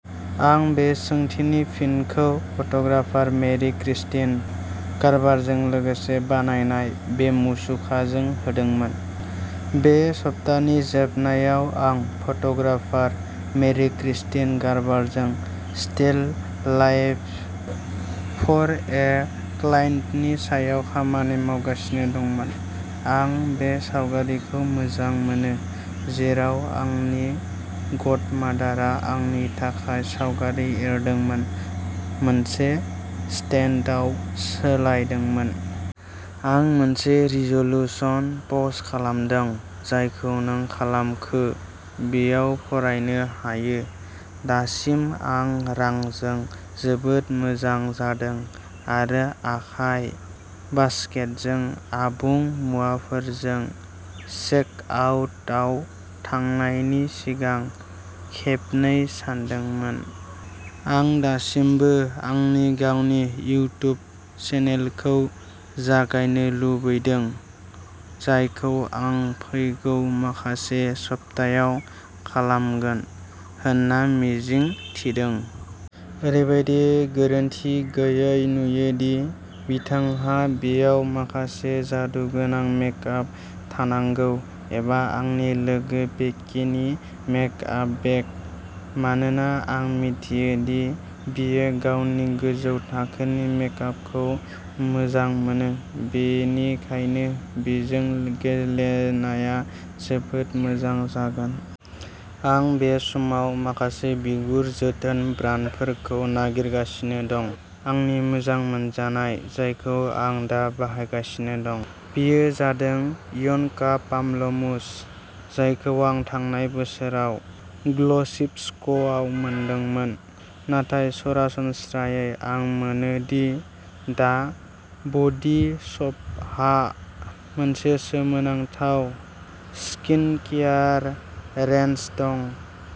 आं बे सोंथिनि फिनखौ फट'ग्राफार मेरि-क्रिस्टिन गार्बारजों लोगोसे बानायनाय बे मुसुखाजों होदोंमोन। बे सप्तानि जोबनायाव आं फट'ग्राफार मेरि-क्रिस्टिन गार्बारजों स्टिल लाइफ्स फर ए क्लाइन्टनि सायाव खामानि मावगासिनो दंमोन। आं बे सावगारिखौ मोजां मोनो, जेराव आंनि गडमादारआ आंनि थाखाय सावगारि एरदोंमोन, मोनसे स्टेन्डआव सोलायदोंमोन। आं मोनसे रिज'लुसन पस्ट खालामदोंमोन, जायखौ नों खालामखो! बेयाव फरायनो हायो। दासिम आं रांजों जोबोद मोजां जादों आरो आखाइ/बासकेटजों आबुं मुवाफोरजों चेकआउटआव थांनायनि सिगां खेबनै सानदोंमोन। आं दासिमबो आंनि गावनि इउट्युब चेनेलखौ जागायनो लुबैदों, जायखौ आं फैगौ माखासे सप्तायाव खालामगोन होनना मिजिं थिदों। ओरैबादि गोरोनथि गैयै नुयो दि बिथांहा बेयाव माखासे जादुगोनां मेकआप थानांगौ-एबा आंनि लोगो बेकिनि मेकआप बेग, मानोना आं मिथियो दि बियो गावनि गोजौ थाखोनि मेकआपखौ मोजां मोनो, बेनिखायनो बेजों गेलेनाया जोबोद मोजां जागोन। आं बे समाव माखासे बिगुर जोथोन ब्रान्डफोरखौ नागिरगासिनो दं, आंनि मोजां मोनजानाय जायखौ आं दा बाहायगासिनो दं, बेयो जादों यन का पामलमुस, जायखौ आं थांनाय बोसोराव ग्ल'सिबक्सआव मोनदोंमोन, नाथाय सरासनस्रायै आं मोनो दि दा बडी श'पहा मोनसे सोमोनांथाव स्किनकेयार रेन्ज दं।